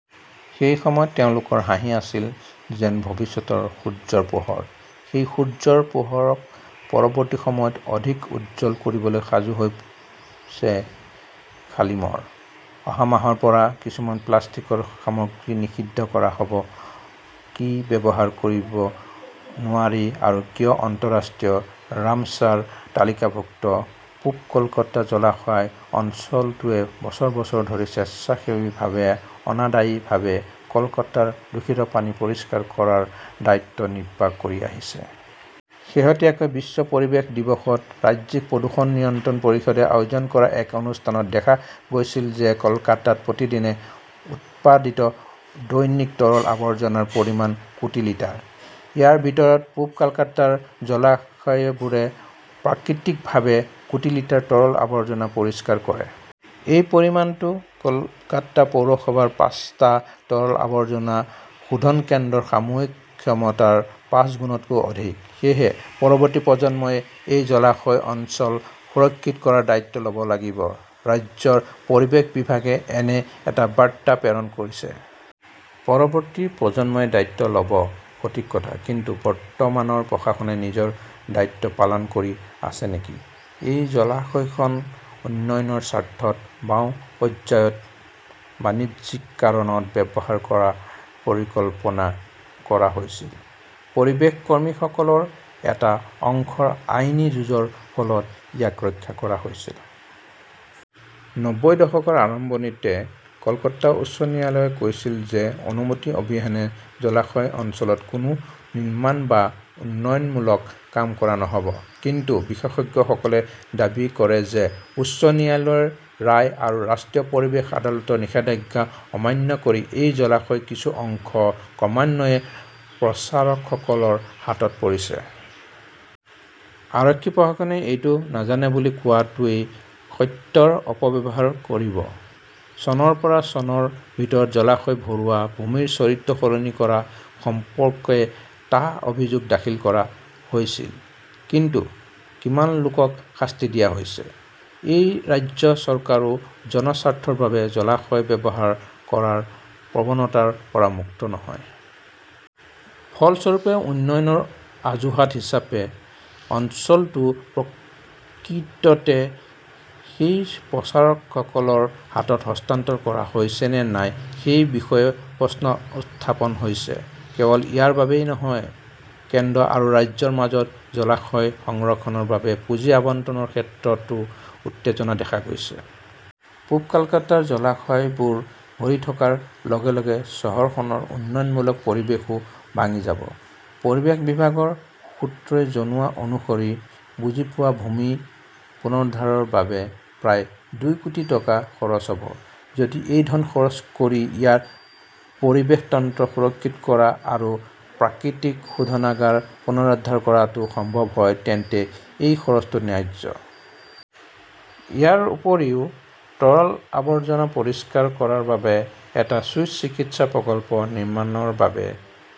সেই সময়ত তেওঁলোকৰ হাঁহি আছিল যেন ভৱিষ্যতৰ সূৰ্যৰ পোহৰ। সেই সূৰ্যৰ পোহৰক পৰৱৰ্তী সময়ত অধিক উজ্জ্বল কৰিবলৈ সাজু হৈছে শালিমৰ। অহা মাহৰ পৰা কিছুমান প্লাষ্টিকৰ সামগ্ৰী নিষিদ্ধ কৰা হ "ব! কি ব্যৱহাৰ কৰিব নোৱাৰি আৰু কিয় আন্তঃৰাষ্ট্ৰীয় 'ৰামছাৰ তালিকাভুক্ত "পূব কলকাতা জলাশয় অঞ্চলটোৱে বছৰ বছৰ ধৰি স্বেচ্ছাসেৱীভাৱে অনাদায়ীভাৱে কলকাতাৰ দূষিত পানী পৰিষ্কাৰ কৰাৰ দায়িত্ব নিৰ্বাহ কৰি আহিছে। শেহতীয়াকৈ বিশ্ব পৰিৱেশ দিৱসত ৰাজ্যিক প্ৰদূষণ নিয়ন্ত্ৰণ পৰিষদে আয়োজন কৰা এক অনুষ্ঠানত দেখা গৈছিল যে কলকাতাত প্ৰতিদিনে উৎপাদিত দৈনিক তৰল আৱৰ্জনাৰ পৰিমাণ কোটি লিটাৰ। ইয়াৰ ভিতৰত পূব কলকাতাৰ জলাশয়বোৰে প্ৰাকৃতিকভাৱে কোটি লিটাৰ তৰল আৱৰ্জনা পৰিষ্কাৰ কৰে। এই পৰিমাণটো কলকাতা পৌৰসভাৰ পাঁচটা তৰল আৱৰ্জনা শোধন কেন্দ্ৰৰ সামূহিক ক্ষমতাৰ পাঁচগুণতকৈও অধিক। সেয়েহে, পৰৱৰ্তী প্ৰজন্মই এই জলাশয় অঞ্চল সুৰক্ষিত কৰাৰ দায়িত্ব ল "ব লাগিব, ৰাজ্যৰ পৰিৱেশ বিভাগে এনে এক বাৰ্তা প্ৰেৰণ কৰিছে। পৰৱৰ্তী প্ৰজন্মই দায়িত্ব ল "ব, সঠিক কথা। কিন্তু, বৰ্তমানৰ প্ৰশাসনে নিজৰ দায়িত্ব পালন কৰি আছে নেকি? এই জলাশয়খন 'উন্নয়নৰ স্বাৰ্থত "বাওঁ পৰ্যায়ত বাণিজ্যিক কাৰণত ব্যৱহাৰ কৰাৰ পৰিকল্পনা কৰা হৈছিল। পৰিৱেশ কৰ্মীসকলৰ এটা অংশৰ আইনী যুঁজৰ ফলত ইয়াক ৰক্ষা কৰা হৈছিল। নব্বৈৰ দশকৰ আৰম্ভণিতে কলকাতা উচ্চ ন্যায়ালয়ে কৈছিল যে অনুমতি অবিহনে জলাশয় অঞ্চলত কোনো নিৰ্মাণ বা উন্নয়নমূলক কাম কৰা নহ 'ব। কিন্তু বিশেষজ্ঞসকলে দাবী কৰে যে উচ্চ ন্যায়ালয়ৰ ৰায় আৰু ৰাষ্ট্ৰীয় পৰিৱেশ আদালতৰ নিষেধাজ্ঞা অমান্য কৰি এই জলাশয়ৰ কিছু অংশ ক্ৰমান্বয়ে প্ৰচাৰকসকলৰ হাতত পৰিছে। আৰক্ষী-প্ৰশাসনে এইটো নাজানে বুলি কোৱাটোৱে সত্যৰ অপব্যৱহাৰ কৰিব। চনৰ পৰা চনৰ ভিতৰত জলাশয় ভৰোৱা, ভূমিৰ চৰিত্ৰ সলনি কৰা সম্পৰ্কে টা অভিযোগ দাখিল কৰা হৈছিল। কিন্তু কিমান লোকক শাস্তি দিয়া হৈছে? এই ৰাজ্য চৰকাৰো 'জনস্বাৰ্থৰ বাবে জলাশয় ব্যৱহাৰ "কৰাৰ প্ৰৱণতাৰ পৰা মুক্ত নহয়। ফলস্বৰূপে, উন্নয়নৰ অজুহাত হিচাপে অঞ্চলটো প্ৰকৃততে সেই প্ৰচাৰকসকলৰ হাতত হস্তান্তৰ কৰা হৈছে নে নাই সেই বিষয়েও প্ৰশ্ন উত্থাপন হৈছে। কেৱল ইয়াৰ বাবেই নহয়, কেন্দ্ৰ আৰু ৰাজ্যৰ মাজত জলাশয় সংৰক্ষণৰ বাবে পুঁজি আবণ্টনৰ ক্ষেত্ৰতো উত্তেজনা দেখা গৈছে। পূব কলকাতাৰ জলাশয়বোৰ ভৰি থকাৰ লগে লগে চহৰখনৰ উন্নয়নমূলক পৰিৱেশও ভাঙি যাব। পৰিৱেশ বিভাগৰ সূত্ৰই জনোৱা অনুসৰি বুজি পোৱা ভূমি পুনৰুদ্ধাৰৰ বাবে প্ৰায় দুই কোটি টকা খৰচ হ "ব। যদি এই ধন খৰচ কৰি ইয়াৰ পৰিৱেশ তন্ত্ৰ সুৰক্ষিত কৰা আৰু প্ৰাকৃতিক শোধনাগাৰ পুনৰুদ্ধাৰ কৰাটো সম্ভৱ হয়, তেন্তে এই খৰচটো ন্যায্য। ইয়াৰ উপৰিও, তৰল আৱৰ্জনা পৰিষ্কাৰ কৰাৰ বাবে এটা চুইচ চিকিৎসা প্ৰকল্প নিৰ্মাণৰ বাবে